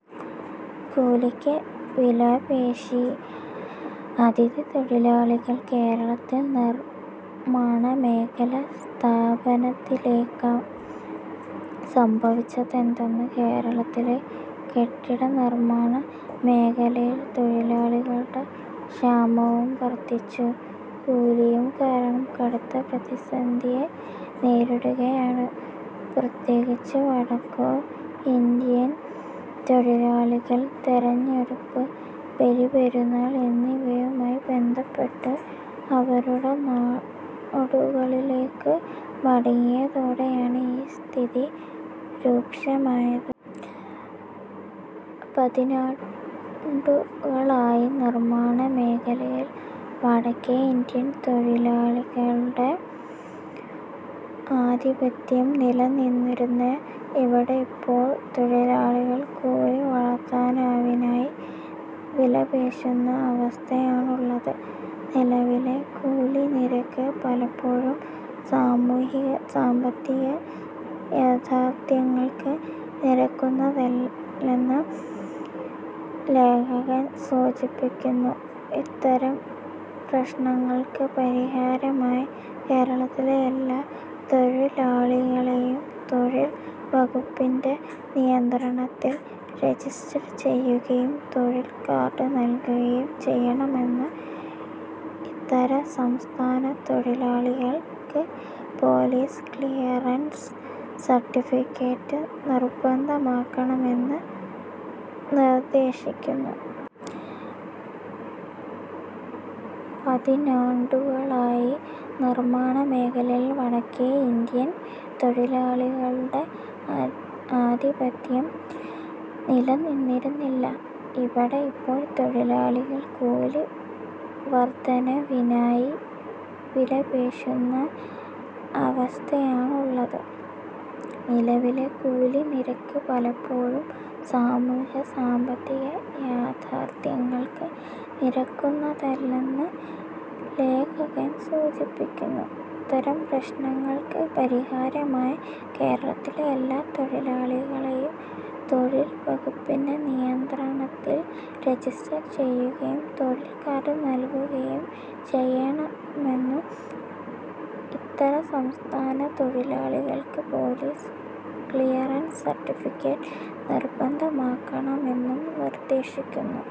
കൂലിക്ക് വിലപേശി അതിഥിതൊഴിലാളികൾ; കേരളത്തിൽ നിർമാണമേഖല സ്ഥാപനത്തിലേക്കൊ? സംഭവിച്ചതെന്ത്? കേരളത്തിലെ കെട്ടിട നിർമ്മാണ മേഖലയിൽ തൊഴിലാളികളുടെ ക്ഷാമവും വർധിച്ച കൂലിയും കാരണം കടുത്ത പ്രതിസന്ധിയെ നേരിടുകയാണ്, പ്രത്യേകിച്ച് വടക്കോ ഇന്ത്യൻ തൊഴിലാളികൾ തെരഞ്ഞെടുപ്പ്, ബലിപെരുന്നാൾ എന്നിവയുമായി ബന്ധപ്പെട്ട് അവരുടെ നാടുകളിലേക്ക് മടങ്ങിയതോടെയാണ് ഈ സ്ഥിതി രൂക്ഷമായത്. പതിറ്റാണ്ടുകളായി നിർമ്മാണ മേഖലയിൽ വടക്കേ ഇന്ത്യൻ തൊഴിലാളികളുടെ ആധിപത്യം നിലനിന്നിരുന്ന ഇവിടെ, ഇപ്പോൾ തൊഴിലാളികൾ കൂലി വർധനവിനായി വിലപേശുന്ന അവസ്ഥയാണുള്ളത്. നിലവിലെ കൂലി നിരക്ക് പലപ്പോഴും സാമൂഹിക-സാമ്പത്തിക യാഥാർഥ്യങ്ങൾക്ക് നിരക്കുന്നതല്ലെന്ന് ലേഖകൻ സൂചിപ്പിക്കുന്നു. ഇത്തരം പ്രശ്നങ്ങൾക്ക് പരിഹാരമായി, കേരളത്തിലെ എല്ലാ തൊഴിലാളികളെയും തൊഴിൽ വകുപ്പിന്റെ നിയന്ത്രണത്തിൽ രജിസ്റ്റർ ചെയ്യുകയും തൊഴിൽ കാർഡ് നൽകുകയും ചെയ്യണമെന്നും, ഇതരസംസ്ഥാന തൊഴിലാളികൾക്ക് പോലീസ് ക്ലിയറൻസ് സർട്ടിഫിക്കറ്റ് നിർബന്ധമാക്കണമെന്നും നിർദ്ദേശിക്കുന്നു. പതിറ്റാണ്ടുകളായി നിർമ്മാണ മേഖലയിൽ വടക്കേ ഇന്ത്യൻ തൊഴിലാളികളുടെ ആധിപത്യം നിലനിന്നിരുന്ന ഇവിടെ, ഇപ്പോൾ തൊഴിലാളികൾ കൂലി വർധനവിനായി വിലപേശുന്ന അവസ്ഥയാണുള്ളത്. നിലവിലെ കൂലി നിരക്ക് പലപ്പോഴും സാമൂഹിക-സാമ്പത്തിക യാഥാർഥ്യങ്ങൾക്ക് നിരക്കുന്നതല്ലെന്ന് ലേഖകൻ സൂചിപ്പിക്കുന്നു. ഇത്തരം പ്രശ്നങ്ങൾക്ക് പരിഹാരമായി, കേരളത്തിലെ എല്ലാ തൊഴിലാളികളെയും തൊഴിൽ വകുപ്പിന്റെ നിയന്ത്രണത്തിൽ രജിസ്റ്റർ ചെയ്യുകയും തൊഴിൽ കാർഡ് നൽകുകയും ചെയ്യണമെന്നും, ഇതരസംസ്ഥാന തൊഴിലാളികൾക്ക് പോലീസ് ക്ലിയറൻസ് സർട്ടിഫിക്കറ്റ് നിർബന്ധമാക്കണമെന്നും നിർദ്ദേശിക്കുന്നു.